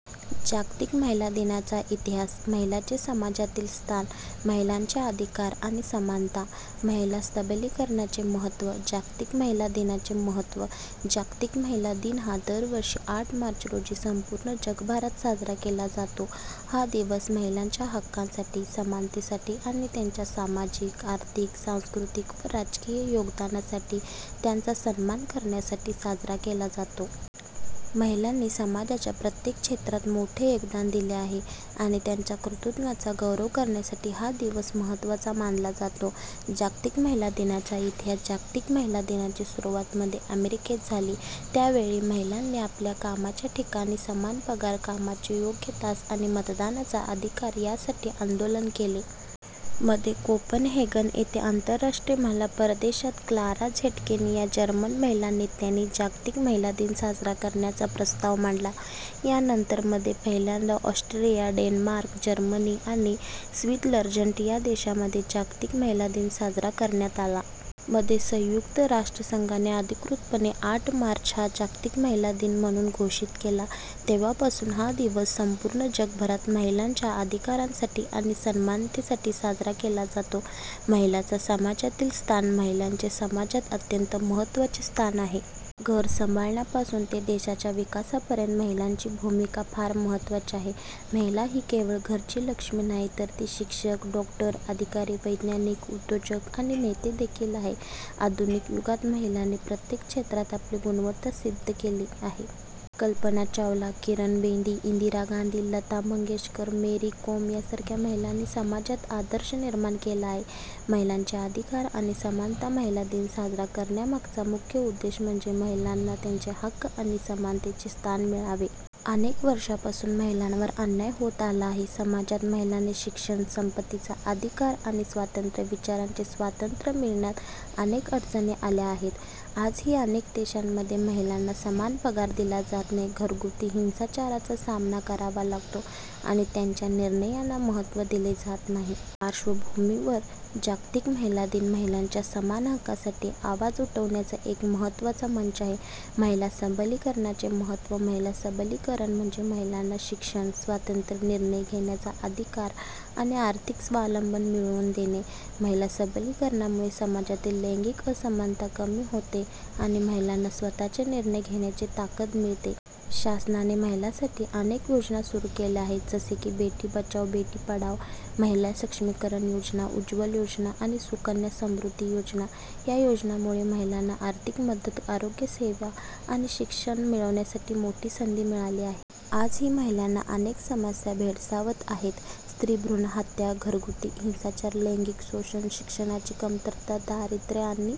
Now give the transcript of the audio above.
जागतिक महिला दिनाचा इतिहास, महिलांचे समाजातील स्थान, महिलांचे अधिकार आणि समानता, महिला सबलीकरणाचे महत्त्व, जागतिक महिला दिनाचे महत्त्व. जागतिक महिला दिन हा दरवर्षी आठ मार्च रोजी संपूर्ण जगभरात साजरा केला जातो. हा दिवस महिलांच्या हक्कांसाठी, समानतेसाठी आणि त्यांच्या सामाजिक, आर्थिक, सांस्कृतिक व राजकीय योगदानासाठी त्यांचा सन्मान करण्यासाठी साजरा केला जातो. महिलांनी समाजाच्या प्रत्येक क्षेत्रात मोठे योगदान दिले आहे आणि त्यांच्या कर्तृत्वाचा गौरव करण्यासाठी हा दिवस महत्त्वाचा मानला जातो. जागतिक महिला दिनाचा इतिहास जागतिक महिला दिनाची सुरुवात मध्ये अमेरिकेत झाली. त्या वेळी महिलांनी आपल्या कामाच्या ठिकाणी समान पगार, कामाचे योग्य तास आणि मतदानाचा अधिकार यासाठी आंदोलन केले. मध्ये कोपनहेगन येथे आंतरराष्ट्रीय महिला परिषदेत क्लारा झेटकिन या जर्मन महिला नेत्याने जागतिक महिला दिन साजरा करण्याचा प्रस्ताव मांडला. यानंतर मध्ये पहिल्यांदा ऑस्ट्रिया, डेन्मार्क, जर्मनी आणि स्वित्झर्लंड या देशांमध्ये जागतिक महिला दिन साजरा करण्यात आला. मध्ये संयुक्त राष्ट्रसंघाने अधिकृतपणे आठ मार्च हा जागतिक महिला दिन म्हणून घोषित केला. तेव्हापासून हा दिवस संपूर्ण जगभरात महिलांच्या अधिकारांसाठी आणि समानतेसाठी साजरा केला जातो. महिलांचे समाजातील स्थान महिलांचे समाजात अत्यंत महत्त्वाचे स्थान आहे. घर सांभाळण्यापासून ते देशाच्या विकासापर्यंत महिलांची भूमिका फार महत्त्वाची आहे. महिला ही केवळ घरची लक्ष्मी नाही तर ती शिक्षक, डॉक्टर, अधिकारी, वैज्ञानिक, उद्योजक आणि नेते देखील आहे. आधुनिक युगात महिलांनी प्रत्येक क्षेत्रात आपली गुणवत्ता सिद्ध केली आहे. कल्पना चावला, किरण बेदी, इंदिरा गांधी, लता मंगेशकर, मेरी कोम यांसारख्या महिलांनी समाजात आदर्श निर्माण केला आहे. महिलांचे अधिकार आणि समानता महिला दिन साजरा करण्यामागचा मुख्य उद्देश म्हणजे महिलांना त्यांचे हक्क आणि समानतेचे स्थान मिळावे. अनेक वर्षांपासून महिलांवर अन्याय होत आला आहे. समाजात महिलांना शिक्षण, संपत्तीचे अधिकार आणि स्वतंत्र विचारांचे स्वातंत्र्य मिळण्यात अनेक अडचणी आल्या आहेत. आजही अनेक देशांमध्ये महिलांना समान पगार दिला जात नाही, घरगुती हिंसाचाराचा सामना करावा लागतो आणि त्यांच्या निर्णयांना महत्त्व दिले जात नाही. या पार्श्वभूमीवर जागतिक महिला दिन महिलांच्या समान हक्कांसाठी आवाज उठवण्याचा एक महत्त्वाचा मंच आहे. महिला सबलीकरणाचे महत्त्व महिला सबलीकरण म्हणजे महिलांना शिक्षण, स्वातंत्र्य, निर्णय घेण्याचा अधिकार आणि आर्थिक स्वावलंबन मिळवून देणे. महिला सबलीकरणामुळे समाजातील लैंगिक असमानता कमी होते आणि महिलांना स्वतःचे निर्णय घेण्याची ताकद मिळते. शासनाने महिलांसाठी अनेक योजना सुरू केल्या आहेत जसे की बेटी बचाओ बेटी पढाओ, महिला सक्षमीकरण योजना, उज्ज्वला योजना आणि सुकन्या समृद्धी योजना. या योजनांमुळे महिलांना आर्थिक मदत, आरोग्यसेवा आणि शिक्षण मिळवण्यासाठी मोठी संधी मिळाली आहे. आजही महिलांना अनेक समस्या भेडसावत आहेत. स्त्री भ्रूणहत्या, घरगुती हिंसाचार, लैंगिक शोषण, शिक्षणाची कमतरता, दारिद्र्य आणि